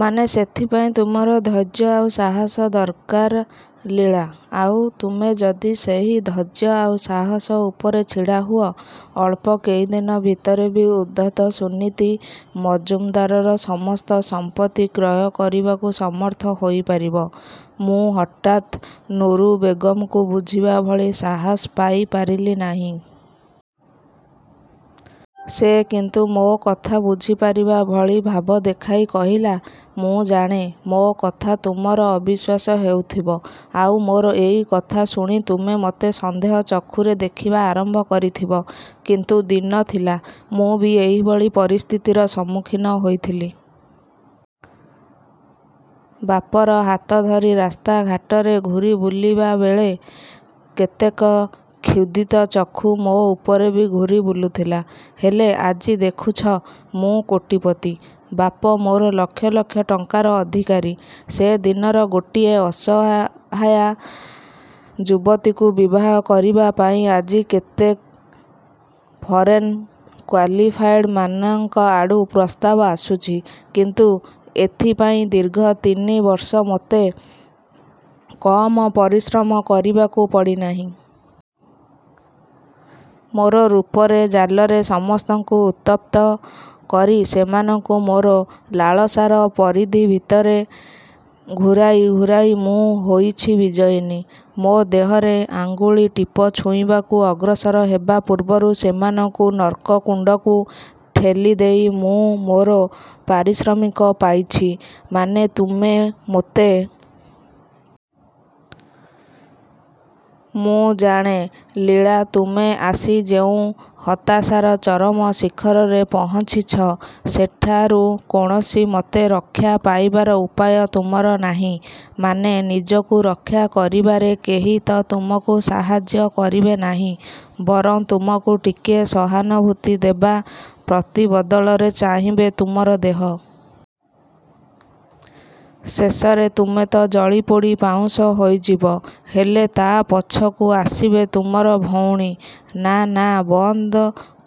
ମାନେ? ସେଥିପାଇଁ ତୁମର ଧୈର୍ଯ୍ୟ ଆଉ ସାହସ ଦରକାର ଲୀଳା। ଆଉ ତୁମେ ଯଦି ସେହି ଧୈର୍ଯ୍ୟ ଆଉ ସାହସ ଉପରେ ଛିଡ଼ା ହୁଅ, ଅଳ୍ପ କେଇଦିନ ଭିତରେ ବି ଉଦ୍ଧତ ସୁନୀତି ମଜୁମଦାରର ସମସ୍ତ ସମ୍ପତ୍ତି କ୍ରୟ କରିବାକୁ ସମର୍ଥ ହୋଇପାରିବ। ମୁଁ ହଠାତ୍ ନୁରୁ ବେଗମକୁ ବୁଝିବା ଭଳି ସାହସ ପାଇ ପାରିଲି ନାହିଁ। ସେ କିନ୍ତୁ ମୋ କଥା ବୁଝିପାରିବା ଭଳି ଭାବ ଦେଖାଇ କହିଲା—ମୁଁ ଜାଣେ, ମୋ କଥା ତୁମର ଅବିଶ୍ୱାସ ହେଉଥିବ। ଆଉ ମୋର ଏଇ କଥା ଶୁଣି ତୁମେ ମୋତେ ସନ୍ଦେହ ଚକ୍ଷୁରେ ଦେଖିବା ଆରମ୍ଭ କରିଥିବ; କିନ୍ତୁ ଦିନ ଥିଲା, ମୁଁ ବି ଏହିଭଳି ପରିସ୍ଥିତିର ସମ୍ମୁଖୀନ ହୋଇଥିଲି। ବାପର ହାତ ଧରି ରାସ୍ତା ଘାଟରେ ଘୂରି ବୁଲିବା ବେଳେ କେତେକ କ୍ଷୁଧିତ ଚକ୍ଷୁ ମୋ ଉପରେ ବି ଘୂରି ବୁଲୁଥିଲା। ହେଲେ, ଆଜି ଦେଖୁଛ... ମୁଁ କୋଟିପତି, ବାପ ମୋର ଲକ୍ଷ ଲକ୍ଷ ଟଙ୍କାର ଅଧିକାରୀ। ସେଦିନର ଗୋଟିଏ ଅସହାୟା ଯୁବତୀକୁ ବିବାହ କରିବା ପାଇଁ ଆଜି କେତେ ଫରେନ୍ କ୍ୱାଲିଫାଏଡମାନଙ୍କଆଡ଼ୁ ପ୍ରସ୍ତାବ ଆସୁଛି; କିନ୍ତୁ ଏଥିପାଇଁ ଦୀର୍ଘ ତିନି ବର୍ଷ ମୋତେ କମ୍ ପରିଶ୍ରମ କରିବାକୁ ପଡ଼ି ନାହିଁ। ମୋର ରୂପରେ ଜାଲରେ ସମସ୍ତଙ୍କୁ ଉତ୍ତପ୍ତ କରି, ସେମାନଙ୍କୁ ମୋର ଲାଳସାର ପରିଧି ଭିତରେ ଘୂରାଇ ଘୂରାଇ ମୁଁ ହୋଇଛି ବିଜୟିନୀ। ମୋ ଦେହରେ ଆଙ୍ଗୁଳି ଟିପ ଛୁଇଁବାକୁ ଅଗ୍ରସର ହେବା ପୂର୍ବରୁ ସେମାନଙ୍କୁ ନର୍କ କୁଣ୍ଡକୁ ଠେଲିଦେଇ ମୁଁ ମୋର ପାରିଶ୍ରମିକ ପାଇଛି। ମାନେ, ତୁମେ ମୋତେ... ମୁଁ ଜାଣେ ଲୀଳା... ତୁମେ ଆସି ଯେଉଁ ହତାଶାର ଚରମ ଶିଖରରେ ପହଞ୍ଚିଛ, ସେଠାରୁ କୌଣସିମତେ ରକ୍ଷା ପାଇବାର ଉପାୟ ତୁମର ନାହିଁ। ମାନେ, ନିଜକୁ ରକ୍ଷା କରିବାରେ କେହି ତ ତୁମକୁ ସାହାଯ୍ୟ କରିବେ ନାହିଁ; ବରଂ ତୁମକୁ ଟିକିଏ ସହାନୁଭୂତି ଦେବା ପ୍ରତିବଦଳରେ ଚାହିଁବେ ତୁମର ଦେହ। ଶେଷରେ ତୁମେ ତ ଜଳିପୋଡ଼ି ପାଉଁଶ ହୋଇଯିବ; ହେଲେ, ତା ପଛକୁ ଆସିବେ ତୁମର ଭଉଣୀ... ନା, ନା... ବନ୍ଦ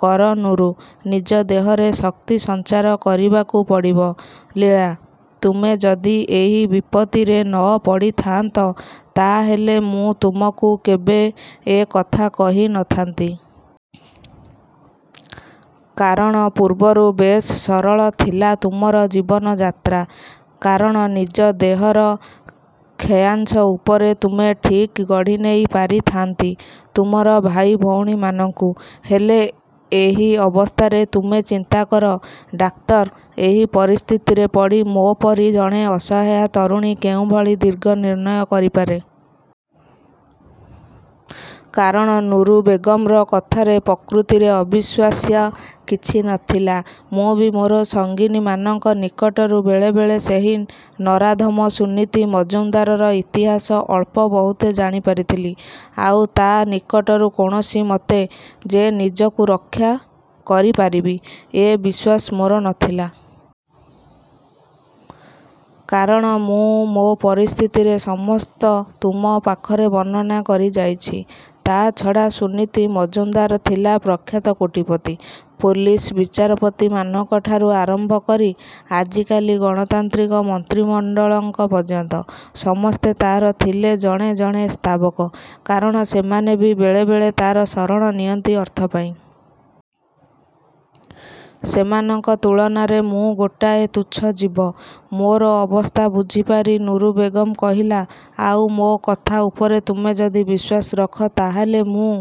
କର ନୁରୁ। ନିଜ ଦେହରେ ଶକ୍ତି ସଞ୍ଚାର କରିବାକୁ ପଡ଼ିବ, ଲୀଳା। ତୁମେ ଯଦି ଏହି ବିପତ୍ତିରେ ନ ପଡ଼ିଥାଆନ୍ତ, ତା ହେଲେ ମୁଁ ତୁମକୁ କେବେ ଏ କଥା କହି ନ ଥାନ୍ତି। କାରଣ, ପୂର୍ବରୁ ବେଶ୍ ସରଳ ଥିଲା ତୁମର ଜୀବନଯାତ୍ରା। କାରଣ ନିଜ ଦେହର କ୍ଷୟାଂଶ ଉପରେ ତୁମେ ଠିକ୍ ଗଢ଼ିନେଇ ପାରିଥାଆନ୍ତି ତୁମର ଭାଇ ଭଉଣୀମାନଙ୍କୁ। ହେଲେ ଏହି ଅବସ୍ଥାରେ... ତୁମେ ଚିନ୍ତାକର ଡାକ୍ଟର, ଏହି ପରିସ୍ଥିତିରେ ପଡ଼ି ମୋ ପରି ଜଣେ ଅସହାୟା ତରୁଣୀ କେଉଁଭଳି ଦିଗନିର୍ଣ୍ଣୟ କରିପାରେ? କାରଣ ନୁରୁ ବେଗମର କଥାରେ ପ୍ରକୃତିରେ ଅବିଶ୍ୱାସୀୟ କିଛି ନ ଥିଲା। ମୁଁ ବି ମୋର ସଙ୍ଗିନୀମାନଙ୍କ ନିକଟରୁ ବେଳେ ବେଳେ ସେହି ନରାଧମ ସୁନୀତି ମଜୁମଦାରର ଇତିହାସ ଅଳ୍ପ ବହୁତେ ଜାଣି ପାରିଥିଲି। ଆଉ ତା ନିକଟରୁ କୌଣସିମତେ ଯେ ନିଜକୁ ରକ୍ଷା କରିପାରିବି, ଏ ବିଶ୍ୱାସ ମୋର ନ ଥିଲା। କାରଣ, ମୁଁ ମୋ ପରିସ୍ଥିତିରେ ସମସ୍ତ ତୁମ ପାଖରେ ବର୍ଣ୍ଣନା କରିଯାଇଛି। ତା ଛଡ଼ା ସୁନୀତି ମଜୁମଦାର ଥିଲା ପ୍ରଖ୍ୟାତ କୋଟିପତି। ପୋଲିସ, ବିଚାରପତିମାନଙ୍କଠାରୁ ଆରମ୍ଭ କରି, ଆଜିକାଲି ଗଣତାନ୍ତ୍ରିକ ମନ୍ତ୍ରିମଣ୍ଡଳଙ୍କ ପର୍ଯ୍ୟନ୍ତ। ସମସ୍ତେ ତାର ଥିଲେ ଜଣେ ଜଣେ ସ୍ତାବକ। କାରଣ ସେମାନେ ବି ବେଳେ ବେଳେ ତାର ଶରଣ ନିଅନ୍ତି ଅର୍ଥ ପାଇଁ। ସେମାନଙ୍କ ତୁଳନାରେ ମୁଁ ଗୋଟାଏ ତୁଚ୍ଛ ଜୀବ। ମୋର ଅବସ୍ଥା ବୁଝିପାରି ନୁରୁ ବେଗମ କହିଲା—ଆଉ ମୋ କଥା ଉପରେ ତୁମେ ଯଦି ବିଶ୍ୱାସ ରଖ, ତା ହେଲେ ମୁଁ